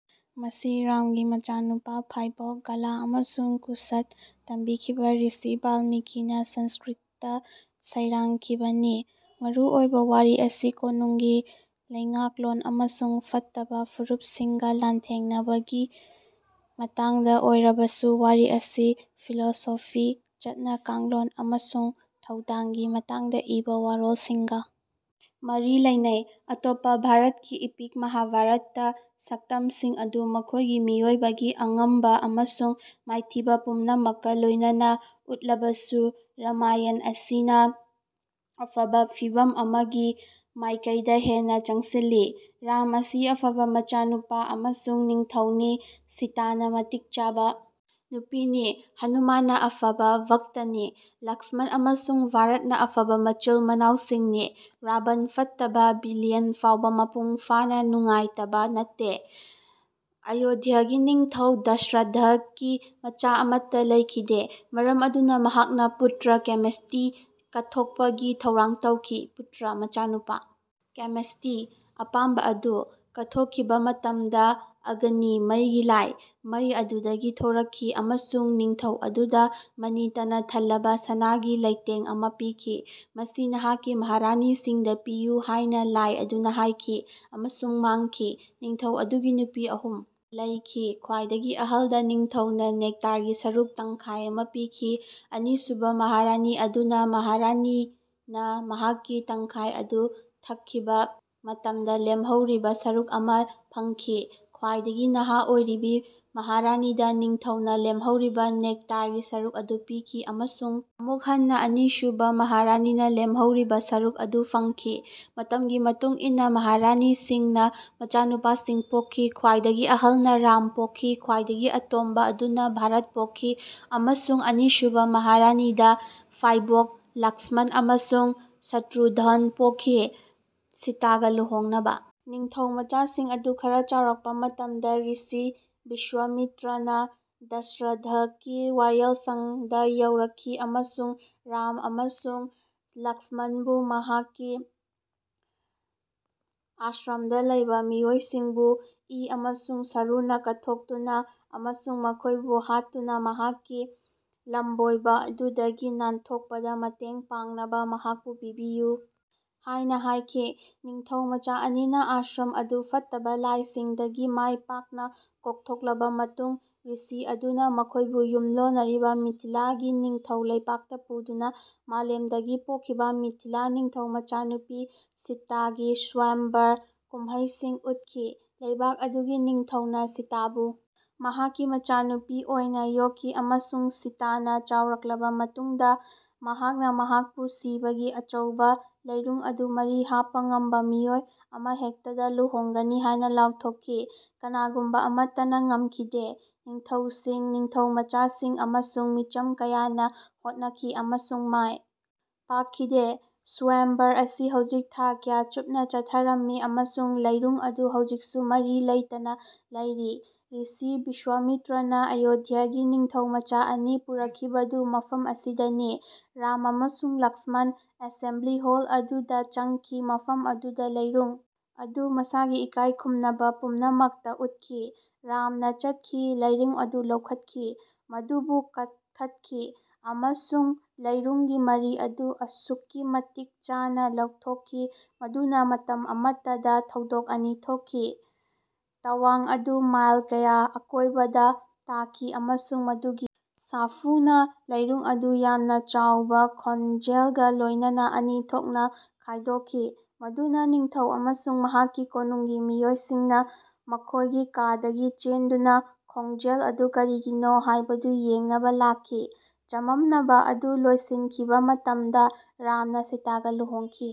ꯃꯁꯤ ꯔꯥꯝꯒꯤ ꯃꯆꯥꯅꯨꯄꯥꯁꯤꯡ, ꯐꯥꯏꯕꯣꯛ ꯂꯥꯚꯥ ꯑꯃꯁꯨꯡ ꯀꯨꯁꯇ ꯇꯝꯕꯤꯈꯤꯕ ꯔꯤꯁꯤ ꯕꯥꯜꯃꯤꯀꯤꯅ ꯁꯪꯁ꯭ꯀ꯭ꯔꯤꯠꯇ ꯁꯩꯔꯥꯡꯈꯤꯕꯅꯤ꯫ ꯃꯔꯨꯑꯣꯏꯕ ꯋꯥꯔꯤ ꯑꯁꯤ ꯀꯣꯅꯨꯡꯒꯤ ꯂꯩꯉꯥꯛꯂꯣꯟ ꯑꯃꯁꯨꯡ ꯐꯠꯇꯕ ꯐꯨꯔꯨꯞꯁꯤꯡꯒ ꯂꯥꯟꯊꯦꯡꯅꯕꯒꯤ ꯃꯇꯥꯡꯗ ꯑꯣꯏꯔꯕꯁꯨ ꯋꯥꯔꯤ ꯑꯁꯤ ꯐꯤꯂꯣꯁꯣꯐꯤ, ꯆꯠꯅ ꯀꯥꯡꯂꯣꯟ ꯑꯃꯁꯨꯡ ꯊꯧꯗꯥꯡꯒꯤ ꯃꯇꯥꯡꯗ ꯏꯕ ꯋꯥꯔꯣꯜꯁꯤꯡꯒ ꯃꯔꯤ ꯂꯩꯅꯩ꯫ ꯑꯇꯣꯞꯄ ꯚꯥꯔꯠꯀꯤ ꯏꯄꯤꯛ ꯃꯍꯥꯚꯥꯔꯠꯇ ꯁꯛꯇꯝꯁꯤꯡ ꯑꯗꯨ ꯃꯈꯣꯏꯒꯤ ꯃꯤꯑꯣꯏꯕꯒꯤ ꯑꯉꯝꯕ ꯑꯃꯁꯨꯡ ꯃꯥꯏꯊꯤꯕ ꯄꯨꯝꯅꯃꯛꯀ ꯂꯣꯏꯅꯅ ꯎꯠꯂꯕꯁꯨ ꯔꯥꯃꯥꯌꯟ ꯑꯁꯤꯅ ꯑꯐꯕ ꯐꯤꯚꯝ ꯑꯃꯒꯤ ꯃꯥꯏꯀꯩꯗ ꯍꯦꯟꯅ ꯆꯪꯁꯤꯜꯂꯤ꯫ ꯔꯥꯝ ꯑꯁꯤ ꯑꯐꯕ ꯃꯆꯥꯅꯨꯄꯥ ꯑꯃꯁꯨꯡ ꯅꯤꯡꯊꯧꯅꯤ, ꯁꯤꯇꯥꯅ ꯃꯇꯤꯛ ꯆꯥꯕ ꯅꯨꯄꯤꯅꯤ, ꯍꯅꯨꯃꯥꯟꯅ ꯑꯐꯕ ꯚꯛꯇꯅꯤ, ꯂꯛ꯭ꯁꯃꯟ ꯑꯃꯁꯨꯡ ꯚꯥꯔꯠꯅ ꯑꯐꯕ ꯃꯆꯤꯟ-ꯃꯅꯥꯎꯁꯤꯡꯅꯤ꯫ ꯑꯔꯥꯕꯟ, ꯐꯠꯇꯕ ꯚꯤꯂꯤꯌꯟ ꯐꯥꯎꯕ ꯃꯄꯨꯡ ꯐꯥꯅ ꯅꯨꯡꯉꯥꯏꯇꯕ ꯅꯠꯇꯦ꯫ ꯑꯌꯣꯙ꯭ꯌꯥꯒꯤ ꯅꯤꯡꯊꯧ ꯗꯁꯔꯊꯀꯤ ꯃꯆꯥ ꯑꯃꯠꯇ ꯂꯩꯈꯤꯗꯦ꯫ ꯃꯔꯝ ꯑꯗꯨꯅ ꯃꯍꯥꯛꯅ ꯄꯨꯇ꯭ꯔ-ꯀꯃꯦꯁ꯭ꯇꯤ ꯀꯠꯊꯣꯛꯄꯒꯤ ꯊꯧꯔꯥꯡ ꯇꯧꯈꯤ (ꯄꯨꯇ꯭ꯔ ꯃꯆꯥꯅꯨꯄꯥ, ꯀꯃꯦꯁ꯭ꯇꯤ ꯑꯄꯥꯝꯕ ꯑꯗꯨ)꯫ ꯀꯠꯊꯣꯛꯈꯤꯕ ꯃꯇꯝꯗ, ꯑꯒꯅꯤ (ꯃꯩꯒꯤ ꯂꯥꯏ) ꯃꯩ ꯑꯗꯨꯗꯒꯤ ꯊꯣꯔꯛꯈꯤ ꯑꯃꯁꯨꯡ ꯅꯤꯡꯊꯧ ꯑꯗꯨꯗ ꯃꯅꯤꯇꯅ ꯊꯜꯂꯕ ꯁꯅꯥꯒꯤ ꯂꯩꯇꯦꯡ ꯑꯃ ꯄꯤꯈꯤ꯫ "ꯃꯁꯤ ꯅꯍꯥꯛꯀꯤ ꯃꯍꯥꯔꯥꯅꯤꯁꯤꯡꯗ ꯄꯤꯌꯨ"ꯍꯥꯏꯅ ꯂꯥꯏ ꯑꯗꯨꯅ ꯍꯥꯏꯈꯤ ꯑꯃꯁꯨꯡ ꯃꯥꯡꯈꯤ꯫ ꯅꯤꯡꯊꯧ ꯑꯗꯨꯒꯤ ꯅꯨꯄꯤ ꯑꯍꯨꯝ ꯂꯩꯈꯤ꯫ ꯈ꯭ꯋꯥꯏꯗꯒꯤ ꯑꯍꯜꯗ ꯅꯤꯡꯊꯧꯅ ꯅ°ꯛꯇꯥꯔꯒꯤ ꯁꯔꯨꯛ ꯇꯪꯈꯥꯏ ꯑꯃ ꯄꯤꯈꯤ ꯑꯅꯤꯁꯨꯕ ꯃꯍꯥꯔꯥꯅꯤ ꯑꯗꯨꯅ ꯃꯍꯥꯔꯥꯅꯤꯅ ꯃꯍꯥꯛꯀꯤ ꯇꯪꯈꯥꯏ ꯑꯗꯨ ꯊꯛꯈꯤꯕ ꯃꯇꯝꯗ ꯂꯦꯝꯍꯧꯔꯤꯕ ꯁꯔꯨꯛ ꯑꯃ ꯐꯪꯈꯤ꯫ ꯈ꯭ꯋꯥꯏꯗꯒꯤ ꯅꯍꯥ ꯑꯣꯏꯔꯤꯕ ꯃꯍꯥꯔꯥꯅꯤꯗ ꯅꯤꯡꯊꯧꯅ ꯂꯦꯝꯍꯧꯔꯤꯕ ꯅ°ꯛꯇꯥꯔꯒꯤ ꯁꯔꯨꯛ ꯑꯗꯨ ꯄꯤꯈꯤ ꯑꯃꯁꯨꯡ ꯑꯃꯨꯛ ꯍꯟꯅ ꯑꯅꯤꯁꯨꯕ ꯃꯍꯥꯔꯥꯅꯤꯅ ꯂꯦꯝꯍꯧꯔꯤꯕ ꯁꯔꯨꯛ ꯑꯗꯨ ꯐꯪꯈꯤ꯫ ꯃꯇꯝꯒꯤ ꯃꯇꯨꯡ ꯏꯟꯅ ꯃꯍꯥꯔꯥꯅꯤꯁꯤꯡꯅ ꯃꯆꯥꯅꯨꯄꯥꯁꯤꯡ ꯄꯣꯛꯈꯤ꯫ ꯈ꯭ꯋꯥꯏꯗꯒꯤ ꯑꯍꯜꯅ ꯔꯥꯝ ꯄꯣꯛꯈꯤ, ꯈ꯭ꯋꯥꯏꯗꯒꯤ ꯑꯇꯣꯟꯕ ꯑꯗꯨꯅ ꯚꯥꯔꯠ ꯄꯣꯛꯈꯤ, ꯑꯃꯁꯨꯡ ꯑꯅꯤꯁꯨꯕ ꯃꯍꯥꯔꯥꯅꯤꯗ ꯐꯥꯏꯕꯣꯛ ꯂꯛ꯭ꯁꯃꯟ ꯑꯃꯁꯨꯡ ꯁꯇ꯭ꯔꯨꯘꯅ ꯄꯣꯛꯈꯤ꯫ ꯁꯤꯇꯥꯒ ꯂꯨꯍꯣꯡꯅꯕ ꯅꯤꯡꯊꯧꯃꯆꯥꯁꯤꯡ ꯑꯗꯨ ꯈꯔ ꯆꯥꯎꯔꯛꯄ ꯃꯇꯝꯗ ꯔꯤꯁꯤ ꯕꯤꯁ꯭ꯋꯥꯃꯤꯇ꯭ꯔꯅ ꯗꯁꯔꯊꯀꯤ ꯋꯥꯌꯦꯜꯁꯪꯗ ꯌꯧꯔꯛꯈꯤ ꯑꯃꯁꯨꯡ ꯔꯥꯝ ꯑꯃꯁꯨꯡ ꯂꯛ꯭ꯁꯃꯟꯕꯨ ꯃꯍꯥꯛꯀꯤ ꯑꯥꯁ꯭ꯔꯝꯗ ꯂꯩꯕ ꯃꯤꯑꯣꯏꯁꯤꯡꯕꯨ ꯏ ꯑꯃꯁꯨꯡ ꯁꯔꯨꯅ ꯀꯠꯊꯣꯛꯇꯨꯅ ꯑꯃꯁꯨꯡ ꯃꯈꯣꯏꯕꯨ ꯍꯥꯠꯇꯨꯅ ꯃꯍꯥꯛꯀꯤ ꯂꯝꯕꯣꯏꯕ ꯑꯗꯨꯗꯒꯤ ꯅꯥꯟꯊꯣꯛꯄꯗ ꯃꯇꯦꯡ ꯄꯥꯡꯅꯕ ꯃꯍꯥꯛꯄꯨ "ꯄꯤꯕꯤꯌꯨ" ꯍꯥꯏꯅ ꯍꯥꯏꯈꯤ꯫ ꯅꯤꯡꯊꯧꯃꯆꯥ ꯑꯅꯤꯅ ꯑꯥꯁ꯭ꯔꯝ ꯑꯗꯨ ꯐꯠꯇꯕ ꯂꯥꯏꯁꯤꯡꯗꯒꯤ ꯃꯥꯏ ꯄꯥꯛꯅ ꯀꯣꯛꯊꯣꯛꯂꯕ ꯃꯇꯨꯡꯗ ꯔꯤꯁꯤ ꯑꯗꯨꯅ ꯃꯈꯣꯏꯕꯨ ꯌꯨꯝꯂꯣꯟꯅꯔꯤꯕ ꯃꯤꯊꯤꯂꯥꯒꯤ ꯅꯤꯡꯊꯧ ꯂꯩꯕꯥꯛꯇ ꯄꯨꯗꯨꯅ ꯃꯥꯂꯦꯝꯗꯒꯤ ꯄꯣꯛꯈꯤꯕ ꯃꯤꯊꯤꯂꯥ ꯅꯤꯡꯊꯧ ꯃꯆꯥꯅꯨꯄꯤ ꯁꯤꯇꯥꯒꯤ ꯁ꯭ꯋꯥꯌꯝꯚꯔ ꯀꯨꯝꯍꯩꯁꯤꯡ ꯎꯠꯈꯤ꯫ ꯂꯩꯕꯥꯛ ꯑꯗꯨꯒꯤ ꯅꯤꯡꯊꯧꯅ ꯁꯤꯇꯥꯕꯨ ꯃꯍꯥꯛꯀꯤ ꯃꯆꯥꯅꯨꯄꯤ ꯑꯣꯏꯅ ꯌꯣꯛꯈꯤ ꯑꯃꯁꯨꯡ ꯁꯤꯇꯥꯅ ꯆꯥꯎꯔꯛꯂꯕ ꯃꯇꯨꯡꯗ ꯃꯍꯥꯛꯅ ꯃꯍꯥꯛꯄꯨ ꯁꯤꯕꯒꯤ ꯑꯆꯧꯕ ꯂꯤꯔꯨꯡ ꯑꯗꯨ ꯃꯔꯤ ꯍꯥꯞꯄ ꯉꯝꯕ ꯃꯤꯑꯣꯏ ꯑꯃꯍꯦꯛꯇꯗ ꯂꯨꯍꯣꯡꯒꯅꯤ ꯍꯥꯏꯅ ꯂꯥꯎꯊꯣꯛꯈꯤ꯫ ꯀꯅꯥꯒꯨꯝꯕ ꯑꯃꯠꯇꯅ ꯉꯝꯈꯤꯗꯦ꯫ ꯅꯤꯡꯊꯧꯁꯤꯡ, ꯅꯤꯡꯊꯧꯃꯆꯥꯁꯤꯡ ꯑꯃꯁꯨꯡ ꯃꯤꯆꯝ ꯀꯌꯥꯅ ꯍꯣꯠꯅꯈꯤ ꯑꯃꯁꯨꯡ ꯃꯥꯏ ꯄꯥꯛꯈꯤꯗꯦ꯫ ꯁ꯭ꯋꯥꯌꯝꯚꯔ ꯑꯁꯤ ꯍꯧꯖꯤꯛ ꯊꯥ ꯀꯌꯥ ꯆꯨꯞꯅ ꯆꯠꯊꯔꯝꯃꯤ ꯑꯃꯁꯨꯡ ꯂꯤꯔꯨꯡ ꯑꯗꯨ ꯍꯧꯖꯤꯛꯁꯨ ꯃꯔꯤ ꯂꯩꯇꯅ ꯂꯩꯔꯤ꯫ ꯔꯤꯁꯤ ꯕꯤꯁ꯭ꯋꯥꯃꯤꯇ꯭ꯔꯅ ꯑꯌꯣꯙ꯭ꯌꯥꯒꯤ ꯅꯤꯡꯊꯧꯃꯆꯥ ꯑꯅꯤ ꯄꯨꯔꯛꯈꯤꯕꯗꯨ ꯃꯐꯝ ꯑꯁꯤꯗꯅꯤ꯫ ꯔꯥꯝ ꯑꯃꯁꯨꯡ ꯂꯛ꯭ꯁꯃꯟ ꯑꯦꯁꯦꯝꯕ꯭ꯂꯤ ꯍꯣꯜ ꯑꯗꯨꯗ ꯆꯪꯈꯤ ꯃꯐꯝ ꯑꯗꯨꯗ ꯂꯤꯔꯨꯡ ꯑꯗꯨ ꯃꯁꯥꯒꯤ ꯏꯀꯥꯏꯈꯨꯝꯅꯕ ꯄꯨꯝꯅꯃꯛꯇ ꯎꯠꯈꯤ꯫ ꯔꯥꯝꯅ ꯆꯠꯈꯤ, ꯂꯤꯔꯨꯡ ꯑꯗꯨ ꯂꯧꯈꯠꯈꯤ, ꯃꯗꯨꯕꯨ ꯀꯛꯊꯠꯈꯤ, ꯑꯃꯁꯨꯡ ꯂꯤꯔꯨꯡꯒꯤ ꯃꯔꯤ ꯑꯗꯨ ꯑꯁꯨꯛꯀꯤ ꯃꯇꯤꯛ ꯆꯥꯅ ꯂꯧꯊꯣꯛꯈꯤ ꯃꯗꯨꯅ ꯃꯇꯝ ꯑꯃꯇꯗ ꯊꯧꯗꯣꯛ ꯑꯅꯤ ꯊꯣꯛꯈꯤ꯫ꯇꯋꯥꯡ ꯑꯗꯨ ꯃꯥꯏꯜ ꯀꯌꯥ ꯑꯀꯣꯏꯕꯗ ꯇꯥꯈꯤ, ꯑꯃꯁꯨꯡ ꯃꯗꯨꯒꯤ ꯁꯥꯐꯨꯅ ꯂꯤꯔꯨꯡ ꯑꯗꯨ ꯌꯥꯝꯅ ꯆꯥꯎꯕ ꯈꯣꯟꯖꯦꯜꯒ ꯂꯣꯏꯅꯅ ꯑꯅꯤ ꯊꯣꯛꯅ ꯈꯥꯏꯗꯣꯛꯈꯤ ꯃꯗꯨꯅ ꯅꯤꯡꯊꯧ ꯑꯃꯁꯨꯡ ꯃꯍꯥꯛꯀꯤ ꯀꯣꯅꯨꯡꯒꯤ ꯃꯤꯑꯣꯏꯁꯤꯡꯅ ꯃꯈꯣꯏꯒꯤ ꯀꯥꯗꯒꯤ ꯆꯦꯟꯗꯨꯅ ꯈꯣꯡꯖꯦꯜ ꯑꯗꯨ ꯀꯔꯤꯒꯤꯅꯣ ꯍꯥꯏꯕꯗꯨ ꯌꯦꯡꯅꯕ ꯂꯥꯛꯈꯤ꯫ ꯆꯃꯝꯅꯕ ꯑꯗꯨ ꯂꯣꯏꯁꯤꯟꯈꯤꯕ ꯃꯇꯝꯗ ꯔꯥꯝꯅ ꯁꯤꯇꯥꯒ ꯂꯨꯍꯣꯡꯈꯤ꯫